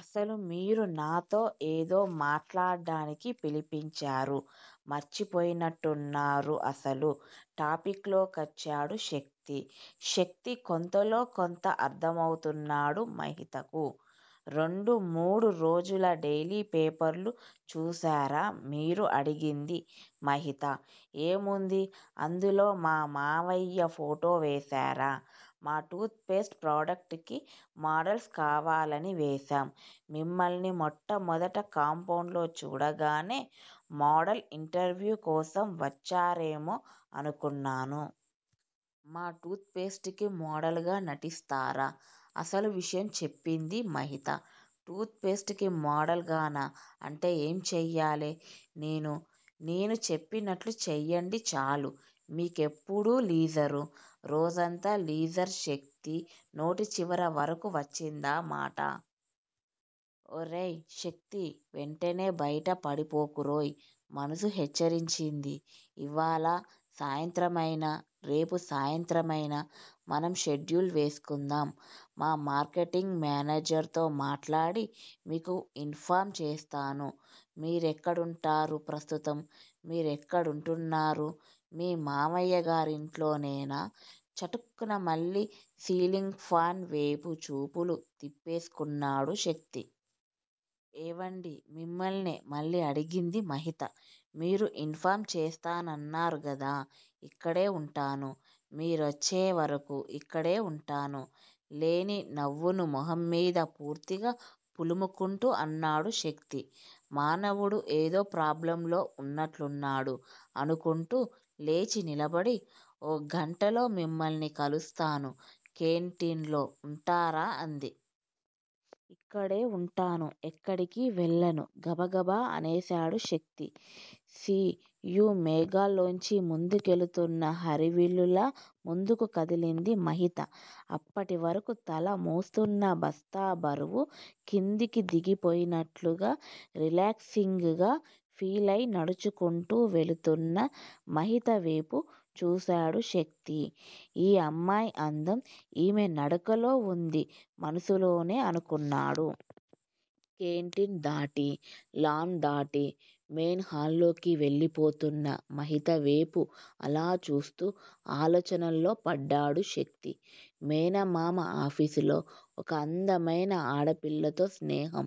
అసలు మీరు నాతో ఏదో మాట్లాడ్డానికి పిలిపించారు. మర్చిపోయినట్టున్నారు అసలు టాపిక్ లో కొచ్చాడు శక్తి. శక్తి కొంతలో, కొంత అర్థమౌతున్నాడు మహితకు. రెండు మూడు రోజుల డైలీ పేపర్లు చూసారా మీరు అడిగింది మహిత. ఏముంది అందులో మా మావయ్య ఫోటో వేసారా మా టూత్ పేస్ట్ ప్రొడక్ట్ కి మోడల్స్ కావాలని వేసాం మిమ్మల్ని- మొట్టమొదట కాంపౌండ్ లో చూడగానే, మోడల్ ఇంటర్వ్యూ కోసం వచ్చారేమో అనుకున్నాను. మా టూత్ పేస్ట్ కి మోడల్ గా నటిస్తారా? అసలు విషయం చెప్పింది మహిత. టూత్ పేస్ట్ కి మోడల్ గానా అంటే ఏం చేయాలి నేను నేను చెప్పినట్లు చెయ్యండి చాలు. మీకెప్పుడు లీజరు. రోజంతా లీజర్ శక్తి నోటి చివర వరకూ వచ్చిందా మాట. ఒరేయ్ శక్తీ వెంటనే బయటపడిపోకురోయ్ మనసు హెచ్చరించింది. ఇవాళ సాయంత్రమైనా, రేపు సాయంత్రమైనా మనం షెడ్యూల్ వేసుకుందాం. మా మార్కెటింగ్ మానేజర్ తో మాట్లాడి, మీకు ఇన్ ఫామ్ చేస్తాను. మీరెక్కడుంటారు ప్రస్తుతం మీరెక్కడుంటున్నారు. మీ మావయ్యగారింట్లోనేనా. చటుక్కున మళ్ళీ సీలింగ్ ఫాన్ వేపు చూపులు తిప్పేసుకున్నాడు శక్తి. ఏవండీ మిమ్మల్నే మళ్ళీ అడిగింది మహిత. మీరు ఇన్ ఫామ్ చేస్తానన్నారు గదా ఇక్కడే వుంటాను. మీరొచ్చే వరకూ ఇక్కడే ఉంటాను లేని నవ్వును మొహమ్మీద పూర్తిగా పులుముకుంటూ అన్నాడు శక్తి. మానవుడు ఏదో ప్రాబ్లమ్ లో ఉన్నట్లున్నాడు- అనుకుంటూ లేచి నిలబడి- ఒగ్గంటలో మిమ్మల్ని కలుస్తాను కేంటిన్లో వుంటారా అంది. ఇక్కడే వుంటాను. ఎక్కడికీ వెళ్ళను గబగబా అనేసాడు శక్తి. సీ-యూ మేఘాల్లోంచి ముందుకెళుతున్న హరివిల్లులా ముందుకు కదిలింది మహిత. అప్పటివరకూ తల మోస్తున్న బస్తా బరువు కిందకు దిగిపోయినట్లుగా రిలాక్సింగ్ గా ఫీలయి నడుచుకుంటూ వెళుతున్న మహితవేపు చూసాడు శక్తి. ఈ అమ్మాయి అందం, ఈమె నడకలో వుంది మనసులోనే అనుకున్నాడు. కేంటిన్ దాటి, లాన్ దాటి, మెయిన్ హాల్లోకి వెళ్ళిపోతున్న మహితవేపు అలా చూస్తూ ఆలోచనల్లో పడ్డాడు శక్తి. మేనమామ ఆఫీసులో ఒక అందమైన ఆడపిల్లతో స్నేహం.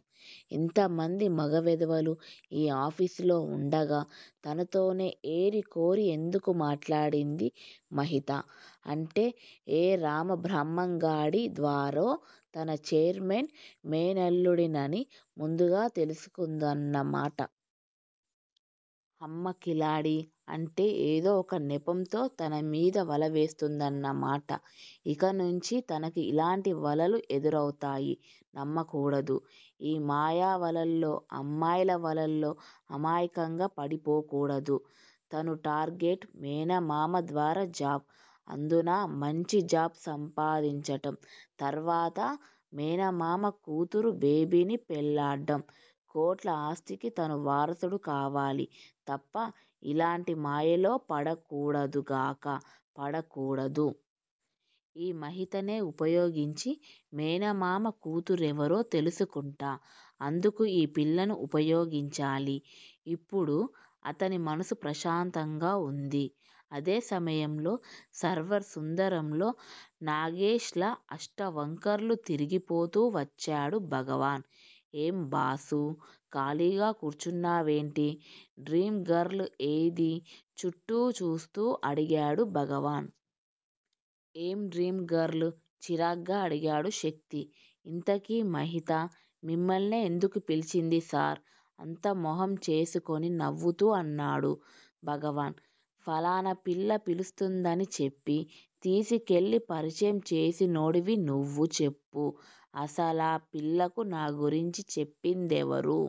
ఇంతమంది మగ వెధవలు ఈ ఆఫీసులో వుండగా, తనతోనే ఏరి కోరి ఎందుకు మాట్లాడింది మహిత? అంటే ఏ రామబ్రహ్మంగాడి ద్వారో, తన ఛైర్మెన్ మేనల్లుడినని ముందుగా తెలుసుకుందన్న మాట. హమ్మ కిలాడీ అంటే ఏదో ఒక నెపంతో తన మీద వల వేస్తుందన్న మాట. ఇక నుంచీ తనకి ఇలాంటి వలలు ఎదురౌతాయి నమ్మకూడదు. ఈ మాయ వలల్లో, అమ్మాయిల వలల్లో అమాయకంగా పడిపోకూడదు- తను టార్గెట్- మేనమామ ద్వారా జాబ్, అందునా మంచి జాబ్ సంపాదించటం, తర్వాత మేనమామ కూతురు బేబిని పెళ్లాడ్డం కోట్ల ఆస్తికి తను వారసుడు కావాలి తప్ప ఇలాంటి మాయలో పడకూడదుగాక- పడకూడదు. ఈ మహితనే ఉపయోగించి, మేనమామ కూతురెవరో తెలుసుకుంటా- అందుకు ఈ పిల్లని ఉపయోగించాలి. ఇప్పుడు, అతని మనసు ప్రశాంతంగా వుంది. అదే సమయంలో సర్వర్ సుందరంలో నాగేష్ లా అష్టవంకర్లు తిరిగిపోతూ వచ్చాడు భగవాన్. ఏం బాసూ- ఖాళీగా కూర్చున్నావేంటి. డ్రీమ్ గర్ల్ ఏదీ చుట్టూ చూస్తూ అడిగాడు భగవాన్. ఏం డ్రీమ్ గర్ల్ చిరాగ్గా అడిగాడు శక్తి. ఇంతకీ- మహిత, మిమ్మల్నే ఎందుకు పిలిచింది సార్ అంత మొహం చేసుకుని నవ్వుతూ అన్నాడు భగవాన్. ఫలానా పిల్ల పిలుస్తుందని చెప్పి, తీసుకెళ్ళి పరిచయం చేసినోడివి నువ్వు చెప్పు. అసలా పిల్లకు నాగురించి చెప్పిందెవరు